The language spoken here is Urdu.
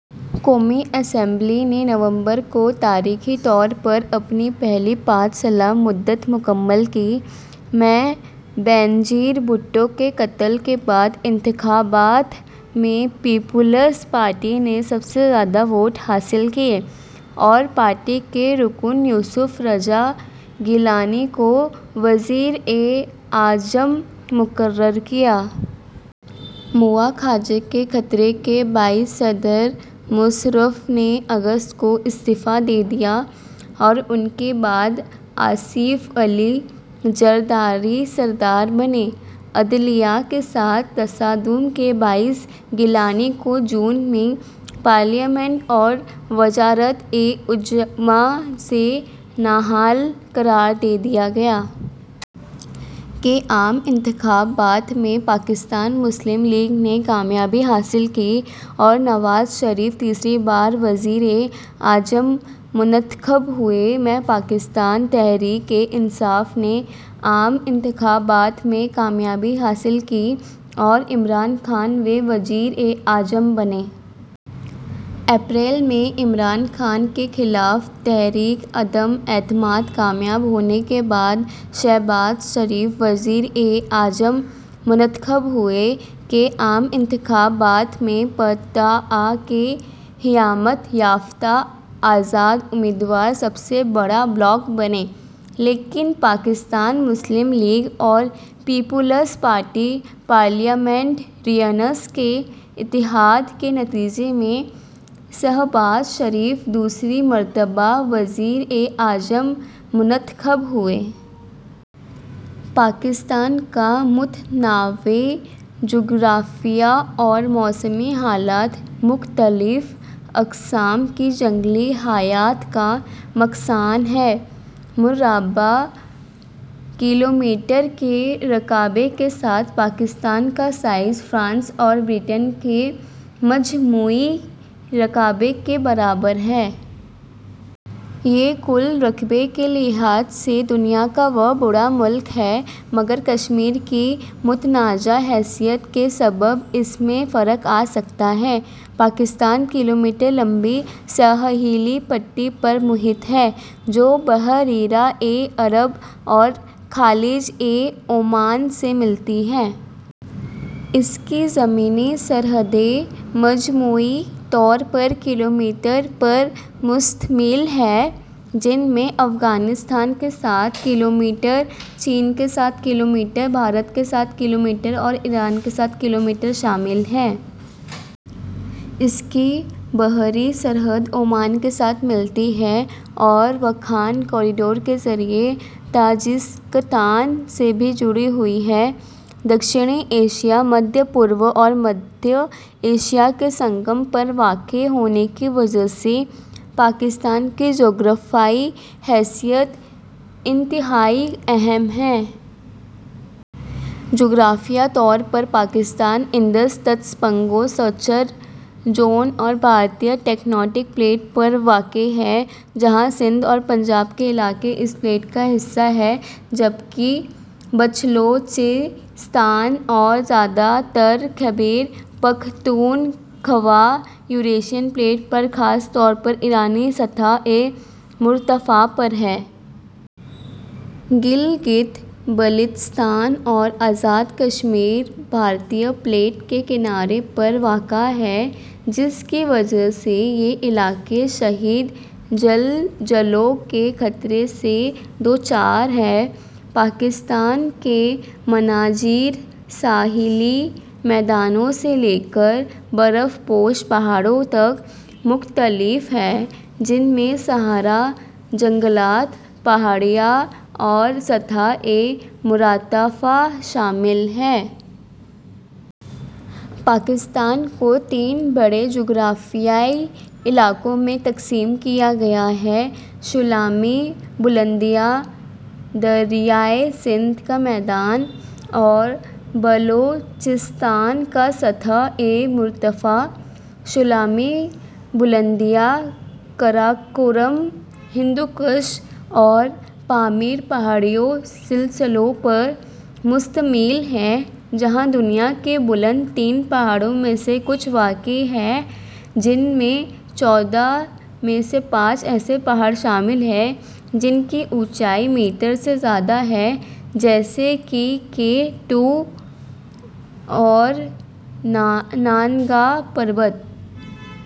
قومی اسمبلی نے نومبر کو تاریخی طور پر اپنی پہلی پانچ سالہ مدت مکمل کی۔ میں بے نظیر بھٹو کے قتل کے بعد کے انتخابات میں پیپلز پارٹی نے سب سے زیادہ ووٹ حاصل کیے اور پارٹی کے رکن یوسف رضا گیلانی کو وزیر اعظم مقرر کیا۔ مواخذے کے خطرے کے باعث صدر مشرف نے اگست کو استعفا دے دیا اور ان کے بعد آصف علی زردہری صدر بنے۔ عدلیہ کے ساتھ تصادم کے باعث گیلانی کو جون میں پارلیمنٹ اور وزارت عظمیٰ سے نااہل قرار دے دیا گیا۔ کے عام انتخابات میں پاکستان مسلم لیگ نے کامیابی حاصل کی اور نواز شریف تیسری بار وزیر اعظم منتخب ہوئے۔ میں پاکستان تحریک انصاف نے عام انتخابات میں کامیابی حاصل کی اور عمران خان ویں وزیر اعظم بنے۔ اپریل میں عمران خان کے خلاف تحریک عدم اعتماد کامیاب ہونے کے بعد شہباز شریف وزیر اعظم منتخب ہوئے۔ کے عام انتخابات میں پ۔ ت۔ ا کے حمایت یافتہ آزاد امیدوار سب سے بڑا بلاک بنے، لیکن پاکستان مسلم لیگ اور پیپلز پارٹی پارلیمنٹیرینز کے اتحاد کے نتیجے میں شہباز شریف دوسری مرتبہ وزیر اعظم منتخب ہوئے۔ پاکستان کا متنوع جغرافیہ اور موسمی حالات مختلف اقسام کی جنگلی حیات کا مسکن ہیں۔ مربع کلومیٹر کے رقبے کے ساتھ پاکستان کا سائز فرانس اور برطانیہ کے مجموعی رقبے کے برابر ہے۔ یہ کل رقبے کے لحاظ سے دنیا کا واں بڑا ملک ہے، مگر کشمیر کی متنازع حیثیت کے سبب اس میں فرق آ سکتا ہے۔ پاکستان کلومیٹر لمبی ساحلی پٹی پر محیط ہے جو بحیرہ عرب اور خلیج عمان سے ملتی ہے۔ اس کی زمینی سرحدیں مجموعی طور پر کلومیٹر پر مشتمل ہیں، جن میں افغانستان کے ساتھ کلومیٹر ، چین کے ساتھ کلومیٹر ، بھارت کے ساتھ کلومیٹر اور ایران کے ساتھ کلومیٹر شامل ہیں۔ اس کی بحری سرحد عمان کے ساتھ ملتی ہے اور واخان کوریڈور کے ذریعے تاجکستان سے بھی جڑی ہوئی ہے۔ جنوبی ایشیا، مشرق وسطیٰ اور وسطی ایشیا کے سنگم پر واقع ہونے کی وجہ سے پاکستان کی جغرافیائی حیثیت انتہائی اہم ہے۔ جغرافیائی طور پر پاکستان انڈس-تسانگپو سچّر زون اور بھارتی ٹیکٹونک پلیٹ پر واقع ہے، جہاں سندھ اور پنجاب کے علاقے اس پلیٹ کا حصہ ہیں جبکہ بلوچستان اور زیادہ تر خیبر پختونخوا یوریشین پلیٹ پر، خاص طور پر ایرانی سطح مرتفع پر ہیں۔ گلگت بلتستان اور آزاد کشمیر بھارتی پلیٹ کے کنارے پر واقع ہیں، جس کی وجہ سے یہ علاقے شدید زلزلوں کے خطرے سے دوچار ہیں۔ پاکستان کے مناظر ساحلی میدانوں سے لے کر برف پوش پہاڑوں تک مختلف ہیں، جن میں صحرا، جنگلات، پہاڑیاں اور سطح مرتفع شامل ہیں۔ پاکستان کو تین بڑے جغرافیائی علاقوں میں تقسیم کیا گیا ہے: شمالی بلندیاں، دریائے سندھ کا میدان اور بلوچستان کا سطح مرتفع۔ شمالی بلندیاں قراقرم، ہندوکش اور پامیر پہاڑی سلسلوں پر مشتمل ہیں، جہاں دنیا کے بلند ترین پہاڑوں میں سے کچھ واقع ہیں، جن میں چودہ میں سے پانچ ایسے پہاڑ شامل ہیں جن کی اونچائی میٹر سے زیادہ ہے، جیسے کہ کے ٹو اور نانگا پربت ۔